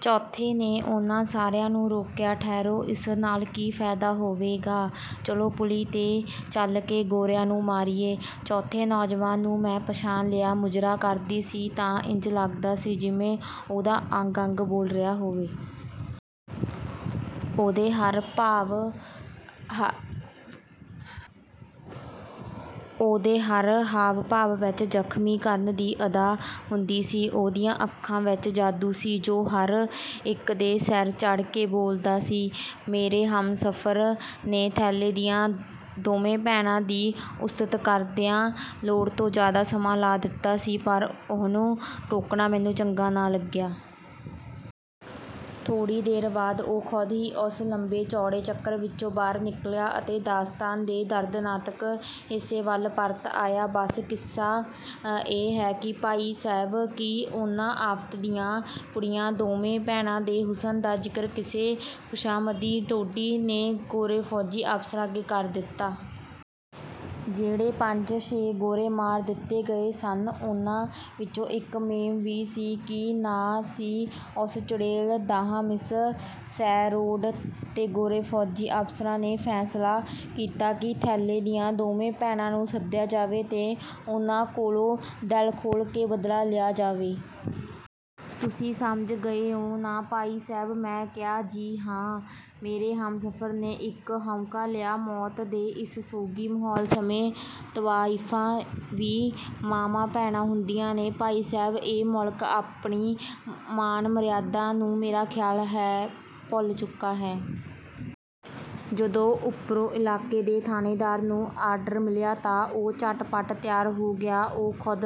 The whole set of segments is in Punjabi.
ਚੌਥੀ ਨੇ ਉਨ੍ਹਾਂ ਸਾਰਿਆਂ ਨੂੰ ਰੋਕਿਆ, "ਠਹਿਰੋ-- ਇਸ ਨਾਲ ਕੀ ਫਾਇਦਾ ਹੋਵੇਗਾ ਚਲੋ ਪੁਲੀ 'ਤੇ ਚੱਲ ਕੇ ਗੋਰਿਆਂ ਨੂੰ ਮਾਰੀਏ"। ਚੌਥੇ ਨੌਜਵਾਨ ਨੂੰ ਮੈਂ ਪਛਾਣ ਲਿਆ। ਮੁਜਰਾ ਕਰਦੀ ਸੀ ਤਾਂ ਇੰਜ ਲੱਗਦਾ ਸੀ ਜਿਵੇਂ ਉਹਦਾ ਅੰਗ-ਅੰਗ ਬੋਲ ਰਿਹਾ ਹੋਵੇ। ਉਹਦੇ ਹਰ ਹਾਵ-ਭਾਵ ਵਿੱਚ ਜ਼ਖ਼ਮੀ ਕਰਨ ਦੀ ਅਦਾ ਹੁੰਦੀ ਸੀ। ਉਹਦੀਆਂ ਅੱਖਾਂ ਵਿੱਚ ਜਾਦੂ ਸੀ, ਜੋ ਹਰ ਇੱਕ ਦੇ ਸਿਰ ਚੜ੍ਹ ਕੇ ਬੋਲਦਾ ਸੀ। "ਮੇਰੇ ਹਮਸਫ਼ਰ ਨੇ ਥੈਲੇ ਦੀਆਂ ਦੋਵੇਂ ਭੈਣਾਂ ਦੀ ਉਸਤਤ ਕਰਦਿਆਂ ਲੋੜ ਤੋਂ ਜ਼ਿਆਦਾ ਸਮਾਂ ਲਾ ਦਿੱਤਾ ਸੀ ਪਰ ਉਹਨੂੰ ਟੋਕਣਾ ਮੈਨੂੰ ਚੰਗਾ ਨਾ ਲੱਗਿਆ। ਥੋੜ੍ਹੀ ਦੇਰ ਬਾਅਦ ਉਹ ਖ਼ੁਦ ਹੀ ਉਸ ਲੰਬੇ-ਚੌੜੇ ਚੱਕਰ ਵਿੱਚੋਂ ਬਾਹਰ ਨਿਕਲਿਆ ਅਤੇ ਦਾਸਤਾਨ ਦੇ ਦਰਦਨਾਕ ਹਿੱਸੇ ਵੱਲ ਪਰਤ ਆਇਆ। "ਬਸ ਕਿੱਸਾ ਇਹ ਹੈ ਕਿ ਭਾਈ ਸਾਹਿਬ ਕਿ ਉਨ੍ਹਾਂ ਆਫ਼ਤ ਦੀਆਂ ਪੁੜੀਆਂ ਦੋਵੇਂ ਭੈਣਾਂ ਦੇ ਹੁਸਨ ਦਾ ਜ਼ਿਕਰ ਕਿਸੇ ਖ਼ੁਸ਼ਾਮਦੀ ਟੋਡੀ ਨੇ ਗੋਰੇ ਫ਼ੌਜੀ ਅਫ਼ਸਰਾਂ ਅੱਗੇ ਕਰ ਦਿੱਤਾ। ਜਿਹੜੇ ਪੰਜ-ਛੇ ਗੋਰੇ ਮਾਰ ਦਿੱਤੇ ਗਏ ਸਨ, ਉਨ੍ਹਾਂ ਵਿੱਚ ਇੱਕ ਮੇਮ ਵੀ ਸੀ ਕੀ ਨਾਂ ਸੀ ਉਸ ਚੁੜੇਲ ਦਾਹਾਂ ਮਿਸ ਸ਼ੈਰੋਡ ਤੇ ਗੋਰੇ ਫ਼ੌਜੀ ਅਫ਼ਸਰਾਂ ਨੇ ਫ਼ੈਸਲਾ ਕੀਤਾ ਕਿ ਥੈਲੇ ਦੀਆਂ ਦੋਵੇਂ ਭੈਣਾਂ ਨੂੰ ਸੱਦਿਆ ਜਾਵੇ ਤੇ ਉਨ੍ਹਾਂ ਕੋਲੋਂ ਦਿਲ ਖੋਲ੍ਹ ਕੇ ਬਦਲਾ ਲਿਆ ਜਾਵੇ। ਤੁਸੀਂ ਸਮਝ ਗਏ ਓ ਨਾ ਭਾਈ ਸਾਹਿਬ?" ਮੈਂ ਕਿਹਾ, "ਜੀ ਹਾਂ।" ਮੇਰੇ ਹਮਸਫ਼ਰ ਨੇ ਇੱਕ ਹਉਕਾ ਲਿਆ, "ਮੌਤ ਦੇ ਇਸ ਸੋਗੀ ਮਾਹੌਲ ਸਮੇਂ ਤਵਾਇਫ਼ਾਂ ਵੀ ਮਾਵਾਂ, ਭੈਣਾਂ ਹੁੰਦੀਆਂ ਨੇ। ਭਾਈ ਸਾਹਿਬ, ਇਹ ਮੁਲਕ ਆਪਣੀ ਮਾਣ-ਮਰਿਆਦਾ ਨੂੰ ਮੇਰਾ ਖ਼ਿਆਲ ਹੈ ਭੁੱਲ ਚੁੱਕਾ ਹੈ। ਜਦੋਂ ਉਪਰੋਂ ਇਲਾਕੇ ਦੇ ਥਾਣੇਦਾਰ ਨੂੰ ਆਰਡਰ ਮਿਲਿਆ ਤਾਂ ਉਹ ਝੱਟ-ਪੱਟ ਤਿਆਰ ਹੋ ਗਿਆ। ਉਹ ਖ਼ੁਦ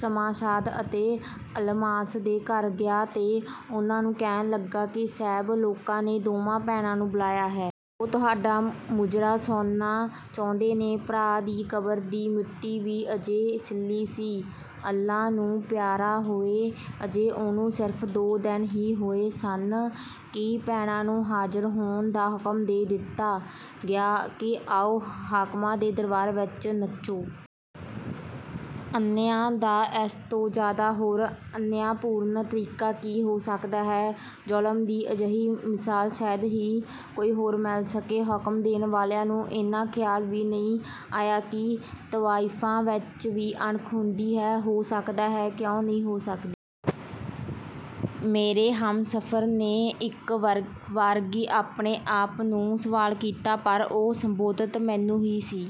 ਸ਼ਮਾਸ਼ਾਦ ਅਤੇ ਅਲਮਾਸ ਦੇ ਘਰ ਗਿਆ ਤੇ ਉਨ੍ਹਾਂ ਨੂੰ ਕਹਿਣ ਲੱਗਾ ਕਿ ਸਾਹਿਬ ਲੋਕਾਂ ਨੇ ਦੋਵਾਂ ਭੈਣਾਂ ਨੂੰ ਬੁਲਾਇਆ ਹੈ। ਉਹ ਤੁਹਾਡਾ ਮੁਜਰਾ ਸੁਣਨਾ ਚਾਹੁੰਦੇ ਨੇ। ਭਰਾ ਦੀ ਕਬਰ ਦੀ ਮਿੱਟੀ ਵੀ ਅਜੇ ਸਿੱਲ੍ਹੀ ਸੀ। ਅੱਲ੍ਹਾ ਨੂੰ ਪਿਆਰਾ ਹੋਏ ਅਜੇ ਉਹਨੂੰ ਸਿਰਫ਼ ਦੋ ਦਿਨ ਹੀ ਹੋਏ ਸਨ ਕਿ ਭੈਣਾਂ ਨੂੰ ਹਾਜ਼ਰ ਹੋਣ ਦਾ ਹੁਕਮ ਦੇ ਦਿੱਤਾ ਗਿਆ ਕਿ ਆਓ, ਹਾਕਮਾਂ ਦੇ ਦਰਬਾਰ ਵਿੱਚ ਨੱਚੋ। ਅਨਿਆਂ ਦਾ ਇਸ ਤੋਂ ਜ਼ਿਆਦਾ ਹੋਰ ਅਨਿਆਂਪੂਰਨ ਤਰੀਕਾ ਕੀ ਹੋ ਸਕਦਾ ਹੈ। ਜ਼ੁਲਮ ਦੀ ਅਜਿਹੀ ਮਿਸਾਲ ਸ਼ਾਇਦ ਹੀ ਕੋਈ ਹੋਰ ਮਿਲ ਸਕੇ। ਹੁਕਮ ਦੇਣ ਵਾਲਿਆਂ ਨੂੰ ਏਨਾ ਖਿਆਲ ਵੀ ਨਹੀਂ ਆਇਆ ਕਿ ਤਵਾਇਫ਼ਾਂ ਵਿੱਚ ਵੀ ਅਣਖ ਹੁੰਦੀ ਹੈ, ਹੋ ਸਕਦੀ ਹੈ, ਕਿਉਂ ਨਹੀਂ ਹੋ ਸਕਦੀ?" ਮੇਰੇ ਹਮਸਫ਼ਰ ਨੇ ਇੱਕ ਵਾਰਗੀ ਆਪਣੇ ਆਪ ਨੂੰ ਸਵਾਲ ਕੀਤਾ ਪਰ ਉਹ ਸੰਬੋਧਤ ਮੈਨੂੰ ਹੀ ਸੀ।